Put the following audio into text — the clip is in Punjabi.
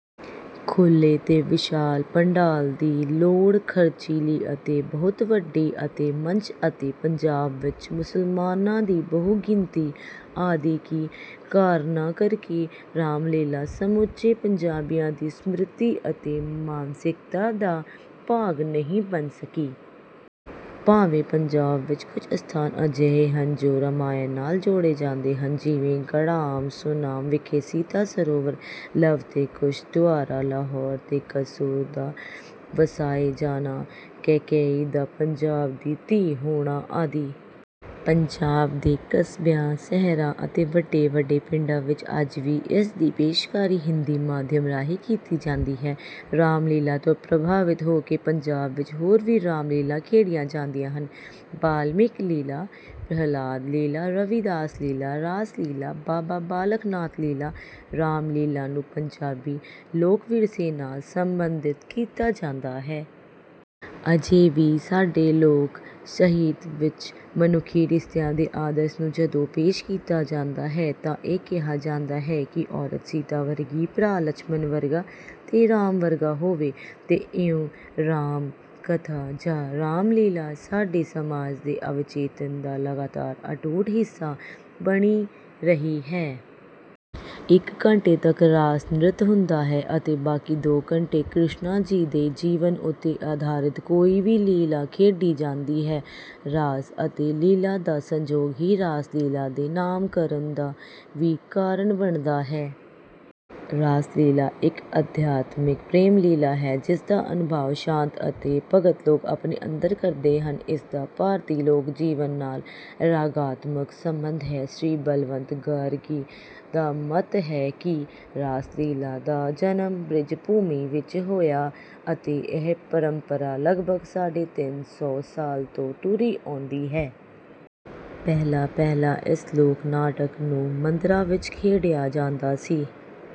ਖੁੱਲ੍ਹੇ ਤੇ ਵਿਸ਼ਾਲ ਪੰਡਾਲ ਦੀ ਲੋੜ, ਖ਼ਰਚੀਲੀ ਅਤੇ ਬਹੁਤ ਵੱਡੀ ਅਤੇ ਮੰਚ ਅਤੇ ਪੰਜਾਬ ਵਿੱਚ ਮੁਸਲਮਾਨਾਂ ਦੀ ਬਹੁ-ਗਿਣਤੀ ਆਦਿ ਕੀ ਕਾਰਨਾਂ ਕਰਕੇ ਰਾਮ-ਲੀਲ੍ਹਾ ਸਮੁੱਚੇ ਪੰਜਾਬੀਆਂ ਦੀ ਸਿਮਰਤੀ ਅਤੇ ਮਾਨਸਿਕਤਾ ਦਾ ਭਾਗ ਨਹੀਂ ਬਣ ਸਕੀ। ਭਾਵੇਂ ਪੰਜਾਬ ਵਿੱਚ ਕੁਝ ਅਸਥਾਨ ਅਜਿਹੇ ਹਨ, ਜੋ ਰਾਮਾਇਣ ਨਾਲ ਜੋੜੇ ਜਾਂਦੇ ਹਨ। ਜਿਵੇਂ: ਘੜਾਮ, ਸੁਨਾਮ ਵਿਖੇ ਸੀਤਾ ਸਰੋਵਰ, ਲਵ ਤੇ ਕੁਸ਼ ਦੁਆਰਾ ਲਾਹੌਰ ਤੇ ਕਸੂਰ ਦਾ ਵਸਾਏ ਜਾਣਾ, ਕੈਕੇਈ ਦਾ ਪੰਜਾਬ ਦੀ ਧੀ ਹੋਣਾ ਆਦਿ। ਪੰਜਾਬ ਦੇ ਕਸਬਿਆਂ, ਸ਼ਹਿਰਾਂ ਅਤੇ ਵੱਡੇ-ਵੱਡੇ ਪਿੰਡਾਂ ਵਿੱਚ ਅੱਜ ਵੀ ਇਸ ਦੀ ਪੇਸ਼ਕਾਰੀ ਹਿੰਦੀ ਮਾਧਿਅਮ ਰਾਹੀਂ ਕੀਤੀ ਜਾਂਦੀ ਹੈ। ਰਾਮ-ਲੀਲ੍ਹਾ ਤੋਂ ਪ੍ਰਭਾਵਿਤ ਹੋ ਕੇ ਪੰਜਾਬ ਵਿੱਚ ਹੋਰ ਵੀ ਰਾਮ-ਲੀਲ੍ਹਾ ਖੇਡੀਆਂ ਜਾਂਦੀਆਂ ਹਨ। ਬਾਲਮੀਕ ਲੀਲ੍ਹਾ, ਪ੍ਰਹਿਲਾਦ ਲੀਲ੍ਹਾ, ਰਵੀਦਾਸ ਲੀਲ੍ਹਾ, ਰਾਸ-ਲੀਲ੍ਹਾ, ਬਾਬਾ ਬਾਲਕ ਨਾਥ ਲੀਲ੍ਹਾ, ਰਾਮ-ਲੀਲ੍ਹਾ ਨੂੰ ਪੰਜਾਬੀ ਲੋਕ-ਵਿਰਸੇ ਨਾਲ ਸਬੰਧਿਤ ਕੀਤਾ ਜਾਂਦਾ ਹੈ। ਅਜੇ ਵੀ ਸਾਡੇ ਲੋਕ-ਸਾਹਿਤ ਵਿੱਚ ਮਨੁੱਖੀ ਰਿਸ਼ਤਿਆਂ ਦੇ ਆਦਰਸ਼ ਨੂੰ ਜਦੋਂ ਪੇਸ਼ ਕੀਤਾ ਜਾਂਦਾ ਹੈ ਤਾਂ ਇਹ ਕਿਹਾ ਜਾਂਦਾ ਹੈ ਕਿ ਔਰਤ ਸੀਤਾ ਵਰਗੀ, ਭਰਾ ਲਛਮਣ ਵਰਗਾ ਤੇ ਰਾਮ ਵਰਗਾ ਹੋਵੇ। ਤੇ ਇਉਂ ਰਾਮ-ਕਥਾ ਜਾਂ ਰਾਮ-ਲੀਲ੍ਹਾ ਸਾਡੇ ਸਮਾਜ ਦੇ ਅਵਚੇਤਨ ਦਾ ਲਗਾਤਾਰ ਅਟੁੱਟ ਹਿੱਸਾ ਬਣੀ ਰਹੀ ਹੈ। ਇੱਕ ਘੰਟੇ ਤੱਕ ਰਾਸ-ਨ੍ਰਿਤ ਹੁੰਦਾ ਹੈ ਅਤੇ ਬਾਕੀ ਦੋ ਘੰਟੇ ਕ੍ਰਿਸ਼ਨਾ ਜੀ ਦੇ ਜੀਵਨ ਉੱਤੇ ਆਧਾਰਿਤ ਕੋਈ ਵੀ ਲੀਲ੍ਹਾ ਖੇਡੀ ਜਾਂਦੀ ਹੈ। "ਰਾਸ ਅਤੇ ਲੀਲ੍ਹਾ ਦਾ ਸੰਜੋਗ ਹੀ ਰਾਸ-ਲੀਲ੍ਹਾ ਦੇ ਨਾਮਕਰਨ ਦਾ ਵੀ ਕਾਰਨ ਬਣਦਾ ਹੈ।" ਰਾਸ-ਲੀਲ੍ਹਾ ਇੱਕ ਅਧਿਆਤਮਕ ਪ੍ਰੇਮ-ਲੀਲ੍ਹਾ ਹੈ, ਜਿਸ ਦਾ ਅਨੁਭਵ ਸੰਤ ਅਤੇ ਭਗਤ ਲੋਕ ਆਪਣੇ ਅੰਦਰ ਕਰਦੇ ਹਨ। ਇਸ ਦਾ ਭਾਰਤੀ ਲੋਕ-ਜੀਵਨ ਨਾਲ ਰਾਗਾਤਮਕ ਸੰਬੰਧ ਹੈ। ਸ੍ਰੀ ਬਲਵੰਤ ਗਾਰਗੀ ਦਾ ਮੱਤ ਹੈ ਕਿ, "ਰਾਸ-ਲੀਲ੍ਹਾ ਦਾ ਜਨਮ ਬ੍ਰਿਜ-ਭੂਮੀ ਵਿੱਚ ਹੋਇਆ ਅਤੇ ਇਹ ਪਰੰਪਰਾ ਲਗਭਗ ਸਾਢੇ ਤਿੰਨ ਸੌ ਸਾਲ ਤੋਂ ਤੁਰੀ ਆਉਂਦੀ ਹੈ।" ਪਹਿਲਾਂ-ਪਹਿਲਾ ਇਸ ਲੋਕ-ਨਾਟਕ ਨੂੰ ਮੰਦਰਾਂ ਵਿੱਚ ਹੀ ਖੇਡਿਆ ਜਾਂਦਾ ਸੀ